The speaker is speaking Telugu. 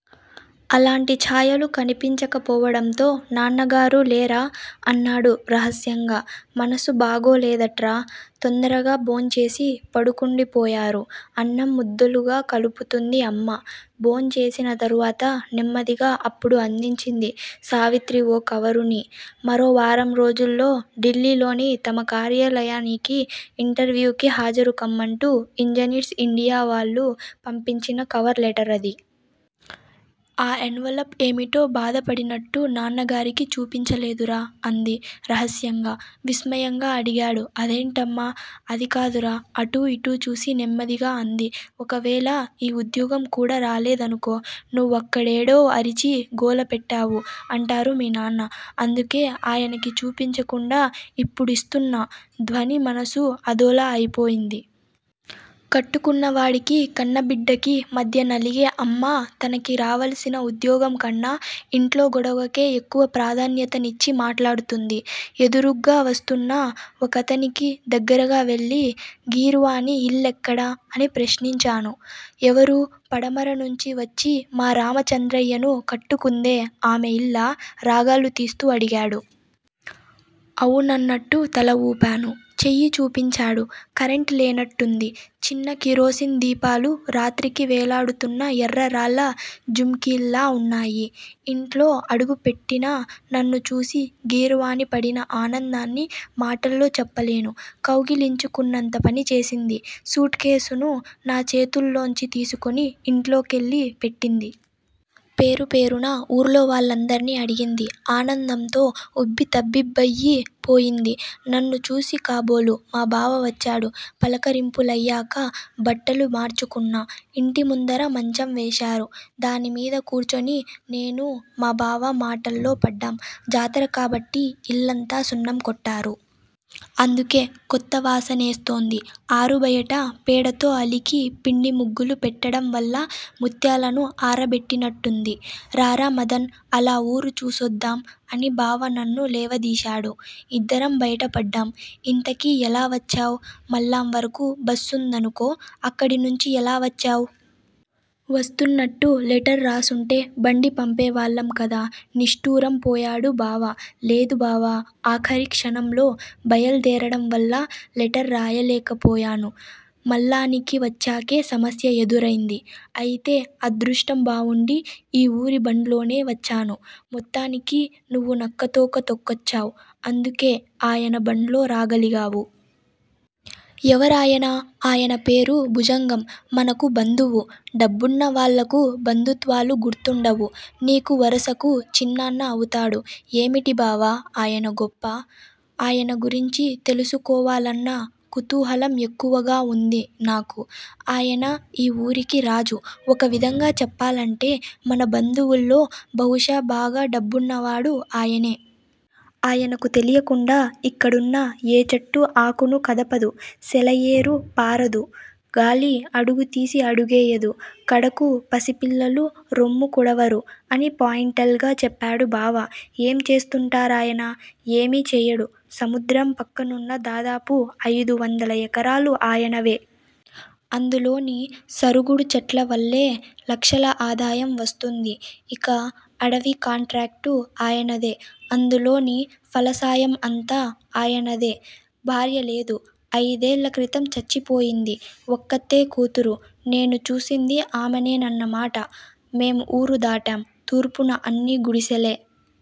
అలాంటి ఛాయలు కనిపించకపోవడంతో నాన్నగారూ లేరా? అన్నాడు రహస్యంగా. మనసు బాగోలేదట్రా! తొందరగా భోంచేసి పడుకుండిపోయారు అన్నం ముద్దలుగా కలుపుతుంది అమ్మ. భోంచేసిన తర్వాత నెమ్మదిగా అప్పుడు అదించింది సావిత్రి ఓ కవరుని. మరో వారం రోజుల్లో డిల్లీ లోని తమ కార్యాలయానికి ఇంటర్వ్యూకి హాజరు కమ్మంటు ఇంజనీర్స్ ఇండియా వాళ్ళు పంపించిన కవర్ లేటరధి. ఆ ఎనవలప్ ఏమిటో బోధపడినట్టు న్నాన్నగారికి చూపించలేదురా. అంది రహస్యంగా. విస్మయంగా అడిగాడు అదేంటమ్మా? అదికాదురా అటు ఇటు చూసి నెమ్మదిగా అంది. ఒకవేళ ఈ ఉద్యోగం కూడా రాలేదనుకో. నువ్వక్కడేడో అరిచి గోలపెట్టావు అంటారు మీ నాన్న. అందుకే ఆయనకి చూపించకుండా ఇప్పుడీస్తున్నా. ధన్వి మనసు అదోలా అయిపోయింది. కట్టుకున్నవాడికి, కన్నబిడ్డకి మధ్య నలిగే అమ్మ తనకి రావాల్సిన ఉద్యోగం కన్నా ఇంట్లో గొడవకే ఎక్కువ ప్రాధాన్యతనిచ్చి మాట్లాడుతుంది. ఎదురుగ్గా వస్తున్న ఒకతనికి దగ్గరగా వెళ్ళి గీర్వాణీ ఇల్లెక్కడ? అని ప్రశ్నించాను. ఎవరూ? పడమర నుంచి వచ్చి మా రామచంద్రయ్యను కట్టుకుందే ఆమె ఇల్లా? రాగాలు తీస్తూ అడిగాడు. అవునన్నట్టు తల వూపాను. చేయి చూపించాడు. కరెంట్ లేనట్టుంది. చిన్న కిరోసిన్ దీపాలు రాత్రికి వేలాడుతున్న ఎర్ర రాళ్ళ జుమికీల్లా వున్నాయి. ఇంట్లో అడుగుపెట్టిన నన్ను చూసి గీర్వాణి పడిన ఆనందాన్ని మాటల్లో చెప్పలేను. కౌగిలించుకున్నంత పని చేసింది. సూట్కేసును నా చేతుల్లోంచి తీసుకుని ఇంట్లో కెళ్ళి పెట్టింది. పేరు పేరునా ఊర్లో వాళ్ళందర్నీ అడిగింది. ఆనందంతో ఉబ్బితబ్బిబ్బయి పోయింది. నన్ను చూసి కాబోలు మా బావ వచ్చాడు. పలకరింపులయ్యాక బట్టలు మార్చుకున్నా. ఇంటి ముందర మంచం వేశారు. దానిమీద కూర్చుని నేనూ, మా బావ మాటల్లో పడ్డాం. జాతర కాబట్టి ఇల్లంతా సున్నం కొట్టారు. అందుకే కొత్త వాసనేస్తోంది. ఆరు బయట పేడతో అలికి పిండి ముగ్గులు పెట్టడంవల్ల ముత్యాలను ఆరబెట్టినట్టుంది. రారా మదన్! అలా వూరు చూసొద్దాం అని బావ నన్ను లేవదీశాడు. ఇద్దరం బయట పడ్డాం. ఇంతకీ ఎలా వచ్చావ్? మల్లాం వరకు బస్సుందనుకో. అక్కడి నుంచి ఎలా వచ్చావ్? వస్తున్నట్టు లెటర్ రాసుంటే బండి పంపేవాళ్ళం కదా నిష్ఠూరం పోయాడు బావ. లేదు బావా! ఆఖరి క్షణంలో బయల్దేరడం వల్ల లెటర్ రాయలేకపోయాను. మల్లానికి వచ్చాకే సమస్య ఎదురైంది. అయితే అదృష్టం బావుండి ఈ ఊరి బండ్లోనే వచ్చాను. మొత్తానికి నువ్వు నక్కతోక తొక్కచ్చావ్. అందుకే ఆయన బండ్లో రాగలిగావు. ఎవరాయన? ఆయన పేరు భుజంగం. మనకు బంధువు. డబ్బున్న వాళ్ళకు బంధుత్వాలు గుర్తుండవు. నీకు వరసకు చిన్నాన్న అవుతాడు. ఏమిటి బావా ఆయన గొప్ప? ఆయన గురించి తెలుసుకోవాలన్న కుతూహలం ఎక్కువగా వుంది నాకు. ఆయన ఈ ఊరికి రాజు. ఒక విధంగా చెప్పాలంటే మన బంధువుల్లో బహుశా బాగా డబ్బున్నవాడు ఆయనే. ఆయనకు తెలియకుండా ఇక్కడున్న ఏ చెట్టూ ఆకును కదపదు. సెలయేరు పారదు. గాలి అడుగు తీసి అడుగేయదు. కడకు పసిపిల్లలు రొమ్ము కుడవరు అని పాయింటల్ గా చెప్పాడు బావ. ఏం చేస్తుంటారాయన? ఏమీ చేయడు. సముద్రం పక్కనున్న దాదాపు అయిదు వందల ఎకరాలు ఆయనవే. అందులోని సరుగుడు చెట్ల వల్లే లక్షల ఆదాయం వస్తుంది. ఇక అడవి కాంట్రాక్టు ఆయనదే. అందులోని ఫలసాయం అంతా ఆయనదే. భార్యలేదు. అయిదేళ్ళ క్రితం చచ్చిపోయింది. ఒక్కతే కూతురు. నేను చూసింది ఆమెనేనన్నమాట. మేం ఊరు దాటాం. తూర్పున అన్నీ గుడిసెలే.